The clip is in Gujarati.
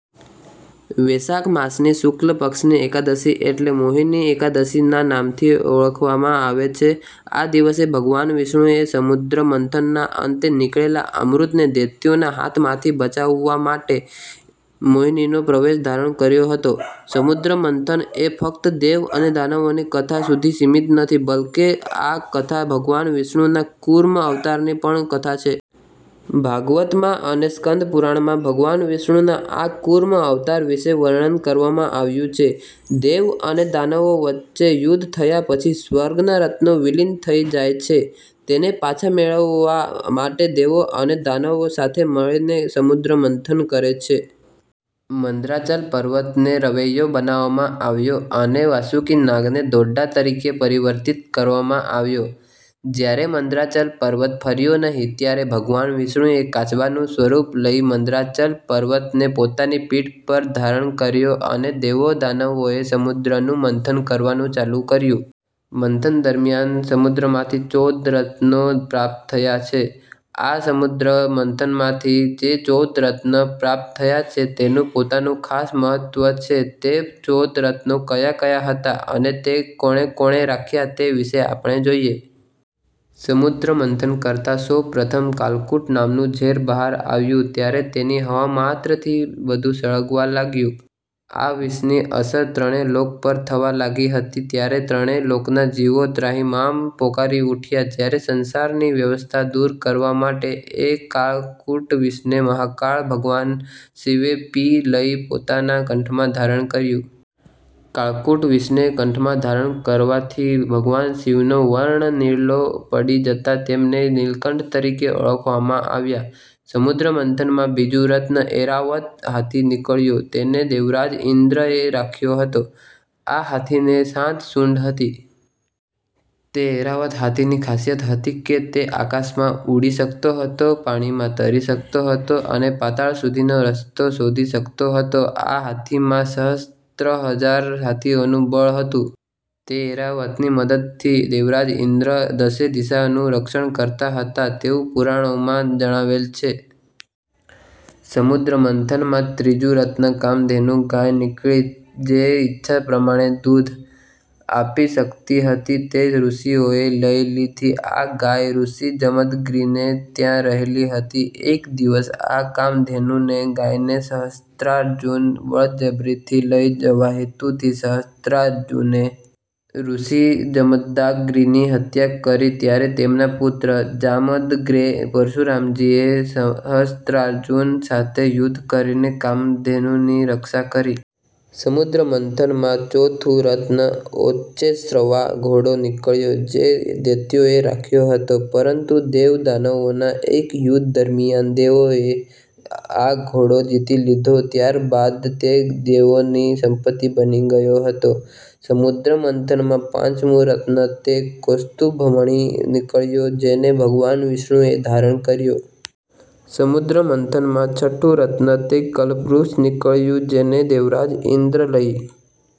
વૈશાખ માસની શુક્લ પક્ષની એકાદશી એટલે 'મોહિની એકાદશી'ના નામથી ઓળખવામાં આવે છે. આ દિવસે ભગવાન વિષ્ણુએ સમુદ્ર મંથનના અંતે નીકળેલા અમૃતને દૈત્યોના હાથમાંથી બચાવવા માટે મોહિનીનો પરિવેશ ધારણ કર્યો હતો. સમુદ્ર મંથન એ ફક્ત દેવ અને દાનવોની કથા સુધી સીમિત નથી બલ્કે આ કથા ભગવાન વિષ્ણુનાં કૂર્મ અવતારની પણ કથા છે. ભાગવતમાં અને સ્કંદ પુરાણમાં ભગવાન વિષ્ણુનાં આ કૂર્મ અવતાર વિષે વર્ણન કરવામાં આવ્યું છે. દેવ અને દાનવો વચ્ચે યુદ્ધ થયા પછી સ્વર્ગના રત્નો વિલીન થઈ જાય છે. તેને પાછા મેળયવવા માટે દેવો અને દાનવો સાથે મળીને સમુદ્રમંથન કરે છે. મંદરાચલ પર્વતને રવૈયો બનાવવામાં આવ્યો અને વાસુકી નાગને દોરડાં તરીકે પરિવર્તિત કરવામાં આવ્યો. જ્યારે મંદરાચલ પર્વત ફર્યો નહીં ત્યારે ભગવાન વિષ્ણુએ કાચબાનું સ્વરૂપ લઈ મંદરાચલ પર્વતને પોતાની પીઠ પર ધારણ કર્યો અને દેવો-દાનવોએ સમુદ્રનું મંથન કરવાનું ચાલું કર્યું. મંથન દરમ્યાન સમુદ્રમાંથી ચૌદ રત્નો પ્રાપ્ત થયાં છે. આ સમુદ્ર મંથનમાંથી જે ચૌદ રત્નો પ્રાપ્ત થયાં છે તેનું પોતાનું ખાસ મહત્વ છે તે ચૌદ રત્નો ક્યા ક્યા હતા અને તે કોણે કોણે રાખ્યા તે વિષે આપણે જોઈએ. સમુદ્રમંથન કરતા સૌ પ્રથમ કાલકૂટ નામનું ઝેર બહાર આવ્યું ત્યારે તેની હવામાત્રથી બધું સળગવા લાગ્યું. આ વિષની અસર ત્રણેય લોક પર થવા લાગી હતી ત્યારે ત્રણેય લોકનાં જીવો ત્રાહિમામ પોકારી ઉઠ્યા ત્યારે સંસારની વ્યથા દૂર કરવા માટે એ કાળકૂટ વિષને મહાકાળ ભગવાન શિવે પી લઇ પોતાના કંઠમાં ધારણ કર્યું. કાળકૂટ વિષને કંઠમાં ધારણ કરવાથી ભગવાન શિવનો વર્ણ નીલો પડી જતાં તેમને નીલકંઠ તરીકે ઓળખવામાં આવ્યાં. સમુદ્ર મંથન માં બીજું રત્ન ઐરાવત હાથી નીકળ્યો તેને દેવરાજ ઈન્દ્રએ રાખ્યો હતો. આ હાથીને સાત સૂંઢ હતી. તે ઐરાવત હાથીની ખાસિયત હતી કે તે આકાશમાં ઉડી શકતો હતો, પાણીમાં તરી શકતો હતો અને પાતાળ સુધીનો રસ્તો શોધી શકતો હતો આ હાથીમાં સહસ્ત્રહજાર હાથીઓનું બળ હતું. તે ઐરાવતની મદદથી દેવરાજ ઈન્દ્ર દશે દિશાનું રક્ષણ કરતા હતાં તેવું પુરાણોમાં જણાવેલ છે. સમુદ્ર મંથન માં ત્રીજું રત્ન કામધેનુ ગાય નીકળી જે ઈચ્છા પ્રમાણે દૂધ, આપી શકતી હતી તે ઋષીઓએ લઈ લીધી આ ગાય ઋષિ જમદગ્નિને ત્યાં રહેતી હતી એક દિવસ આ કામધેનુને ગાયને સહસ્ત્રાર્જુન બળજબરીથી લઈ જવા હેતુથી સહસ્ત્રાર્જુને ઋષિ જમદાગ્નિની હત્યા કરી ત્યારે તેમના પુત્ર જામદગ્નૈ પરશુરામજીએ સહસ્ત્રાર્જુન સાથે યુદ્ધ કરીને કામધેનુની રક્ષા કરી. સમુદ્ર મંથન માં ચોથું રત્ન ઉચ્ચૈઃશ્રવા ઘોડો નિકળ્યો જે દૈત્યોએ રાખ્યો હતો. પરંતુ દેવ-દાનવોના એક યુધ્ધ દરમ્યાન દેવોએ આ ઘોડો જીતી લીધો ત્યારબાદ તે દેવોની સંપતિ બની ગયો હતો. સમુદ્ર મંથનમાં પાંચમું રત્ન તે કૌસ્તુભમણિ નીકળ્યો જેને ભગવાન વિષ્ણુએ ધારણ કર્યો. સમુદ્ર મંથન માં છઠ્ઠું રત્ન તે કલ્પવૃક્ષ નીકળ્યું જેને દેવરાજ ઇન્દ્ર લઈ